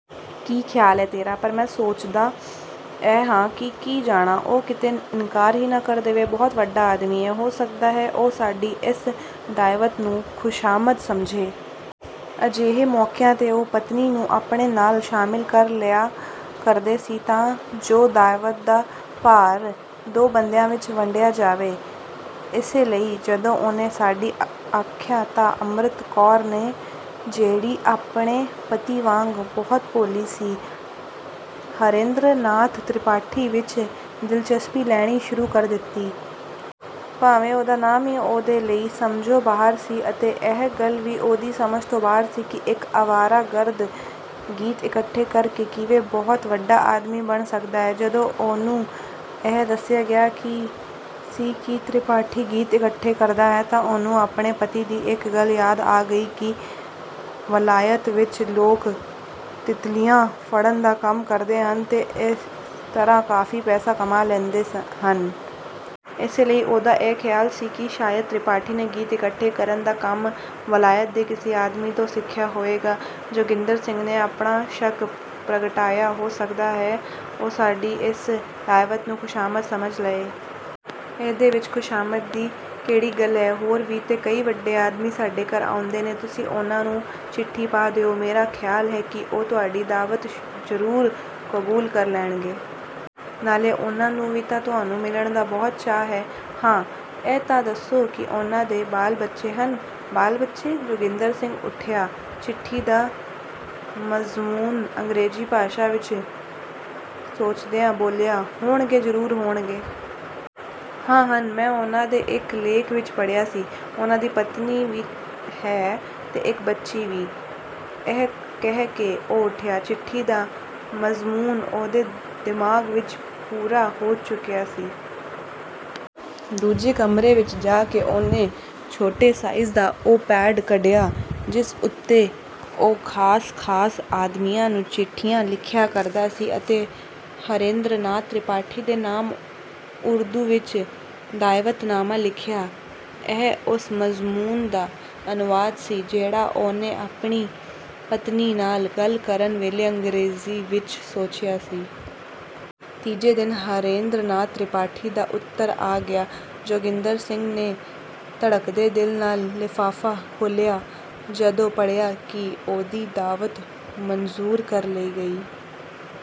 ਕੀ ਖਿਆਲ ਹੈ ਤੇਰਾ, ਪਰ ਮੈਂ ਸੋਚਦਾ ਇਹ ਹਾਂ ਕਿ ਕੀ ਜਾਣਾਂ, ਉਹ ਕਿਤੇ ਇਨਕਾਰ ਹੀ ਨਾ ਕਰ ਦੇਵੇ। ਬਹੁਤ ਵੱਡਾ ਆਦਮੀ ਹੈ। ਹੋ ਸਕਦਾ ਹੈ ਉਹ ਸਾਡੀ ਇਸ ਦਾਅਵਤ ਨੂੰ ਖੁਸ਼ਾਮਦ ਸਮਝੇ। ਅਜਿਹੇ ਮੌਕਿਆਂ ’ਤੇ ਉਹ ਪਤਨੀ ਨੂੰ ਆਪਣੇ ਨਾਲ ਸ਼ਾਮਿਲ ਕਰ ਲਿਆ ਕਰਦੇ ਸੀ ਤਾਂ ਜੋ ਦਾਅਵਤ ਦਾ ਭਾਰ ਦੋ ਬੰਦਿਆਂ ਵਿੱਚ ਵੰਡਿਆ ਜਾਵੇ। ਇਸੇ ਲਈ ਜਦੋਂ ਉਹਨੇ ਸਾਡੀ ਆਖਿਆ ਤਾਂ ਅੰਮ੍ਰਿਤ ਕੌਰ ਨੇ, ਜਿਹੜੀ ਆਪਣੇ ਪਤੀ ਵਾਂਗ ਬਹੁਤ ਭੋਲੀ ਸੀ, ਹਰੇਂਦਰ ਨਾਥ ਤ੍ਰਿਪਾਠੀ ਵਿੱਚ ਦਿਲਚਸਪੀ ਲੈਣੀ ਸ਼ੁਰੂ ਕਰ ਦਿੱਤੀ। ਭਾਵੇਂ ਉਹਦਾ ਨਾਮ ਹੀ ਉਹਦੇ ਲਈ ਸਮਝੋਂ ਬਾਹਰ ਸੀ ਅਤੇ ਇਹ ਗੱਲ ਵੀ ਉਹਦੀ ਸਮਝ ਤੋਂ ਬਾਹਰ ਸੀ ਕਿ ਇੱਕ ਅਵਾਰਾਗਰਦ, ਗੀਤ ਇਕੱਠੇ ਕਰ ਕੇ, ਕਿਵੇਂ ਬਹੁਤ ਵੱਡਾ ਆਦਮੀ ਬਣ ਸਕਦਾ ਹੈ। ਜਦੋਂ ਉਹਨੂੰ ਇਹ ਦੱਸਿਆ ਗਿਆ ਸੀ ਕਿ ਤ੍ਰਿਪਾਠੀ ਗੀਤ ਇਕੱਠੇ ਕਰਦਾ ਹੈ ਤਾਂ ਉਹਨੂੰ ਆਪਣੇ ਪਤੀ ਦੀ ਇੱਕ ਗੱਲ ਯਾਦ ਆ ਗਈ ਕਿ ਵਲਾਇਤ ਵਿੱਚ ਲੋਕ ਤਿਤਲੀਆਂ ਫੜਨ ਦਾ ਕੰਮ ਕਰਦੇ ਹਨ ਤੇ ਇਸ ਤਰ੍ਹਾਂ ਕਾਫੀ ਪੈਸਾ ਕਮਾ ਲੈਂਦੇ ਹਨ। ਇਸੇ ਲਈ ਉਹਦਾ ਇਹ ਖਿਆਲ ਸੀ ਕਿ ਸ਼ਾਇਦ ਤ੍ਰਿਪਾਠੀ ਨੇ ਗੀਤ ਇਕੱਠੇ ਕਰਨ ਦਾ ਕੰਮ ਵਲਾਇਤ ਦੇ ਕਿਸੇ ਆਦਮੀ ਤੋਂ ਸਿੱਖਿਆ ਹੋਵੇਗਾ। ਜੋਗਿੰਦਰ ਸਿੰਘ ਨੇ ਆਪਣਾ ਸ਼ੱਕ ਪ੍ਰਗਟਾਇਆ, ਹੋ ਸਕਦਾ ਹੈ ਉਹ ਸਾਡੀ ਇਸ ਦਾਅਵਤ ਨੂੰ ਖੁਸ਼ਾਮਦ ਸਮਝ ਲਏ। ਇਹਦੇ ਵਿੱਚ ਖੁਸ਼ਾਮਦ ਦੀ ਕਿਹੜੀ ਗੱਲ ਹੈ? ਹੋਰ ਵੀ ਤਾਂ ਕਈ ਵੱਡੇ ਆਦਮੀ ਸਾਡੇ ਘਰ ਆਉਂਦੇ ਨੇ। ਤੁਸੀਂ ਉਨ੍ਹਾਂ ਨੂੰ ਚਿੱਠੀ ਪਾ ਦਿਓ। ਮੇਰਾ ਖਿਆਲ ਹੈ ਕਿ ਉਹ ਤੁਹਾਡੀ ਦਾਅਵਤ ਜ਼ਰੂਰ ਕਬੂਲ ਕਰ ਲੈਣਗੇ। ਨਾਲੇ ਉਨ੍ਹਾਂ ਨੂੰ ਵੀ ਤਾਂ ਤੁਹਾਨੂੰ ਮਿਲਣ ਦਾ ਬਹੁਤ ਚਾਅ ਹੈ। ਹਾਂ, ਇਹ ਤਾਂ ਦੱਸੋ ਕੀ ਉਨ੍ਹਾਂ ਦੇ ਬਾਲ-ਬੱਚੇ ਹਨ? ਬਾਲ-ਬੱਚੇ! ਜੋਗਿੰਦਰ ਸਿੰਘ ਉਠਿਆ। ਚਿੱਠੀ ਦਾ ਮਜ਼ਮੂਨ ਅੰਗ੍ਰੇਜ਼ੀ ਭਾਸ਼ਾ ਵਿੱਚ ਸੋਚਦਿਆਂ ਬੋਲਿਆ, ਹੋਣਗੇ, ਜ਼ਰੂਰ ਹੋਣਗੇ। ਹਾਂ ਹਨ। ਮੈਂ ਉਨ੍ਹਾਂ ਦੇ ਇੱਕ ਲੇਖ ਵਿੱਚ ਪੜ੍ਹਿਆ ਸੀ, ਉਨ੍ਹਾਂ ਦੀ ਪਤਨੀ ਵੀ ਹੈ ਤੇ ਇੱਕ ਬੱਚੀ ਵੀ। ਇਹ ਕਹਿ ਕੇ ਉਹ ਉਠਿਆ, ਚਿੱਠੀ ਦਾ ਮਜ਼ਮੂਨ ਉਹਦੇ ਦਿਮਾਗ ਵਿੱਚ ਪੂਰਾ ਹੋ ਚੁੱਕਿਆ ਸੀ। ਦੂਜੇ ਕਮਰੇ ਵਿੱਚ ਜਾ ਕੇ ਉਹਨੇ ਛੋਟੇ ਸਾਈਜ਼ ਦਾ ਉਹ ਪੈਡ ਕੱਢਿਆ ਜਿਸ ਉੱਤੇ ਉਹ ਖਾਸ-ਖਾਸ ਆਦਮੀਆਂ ਨੂੰ ਚਿੱਠੀਆਂ ਲਿਖਿਆ ਕਰਦਾ ਸੀ ਅਤੇ ਹਰੇਂਦਰ ਨਾਥ ਤ੍ਰਿਪਾਠੀ ਦੇ ਨਾਮ ਉਰਦੂ ਵਿੱਚ ਦਾਅਵਤਨਾਮਾ ਲਿਖਿਆ। ਇਹ ਉਸ ਮਜ਼ਮੂਨ ਦਾ ਅਨੁਵਾਦ ਸੀ ਜਿਹੜਾ ਉਹਨੇ ਆਪਣੀ ਪਤਨੀ ਨਾਲ ਗੱਲ ਕਰਨ ਵੇਲੇ ਅੰਗ੍ਰੇਜ਼ੀ ਵਿੱਚ ਸੋਚਿਆ ਸੀ। ਤੀਜੇ ਦਿਨ ਹਰੇਂਦਰ ਨਾਥ ਤ੍ਰਿਪਾਠੀ ਦਾ ਉੱਤਰ ਆ ਗਿਆ। ਜੋਗਿੰਦਰ ਸਿੰਘ ਨੇ ਧੜਕਦੇ ਦਿਲ ਨਾਲ ਲਿਫ਼ਾਫ਼ਾ ਖੋਲ੍ਹਿਆ। ਜਦੋਂ ਪੜ੍ਹਿਆ ਕਿ ਉਹਦੀ ਦਾਅਵਤ ਮਨਜ਼ੂਰ ਕਰ ਲਈ ਗਈ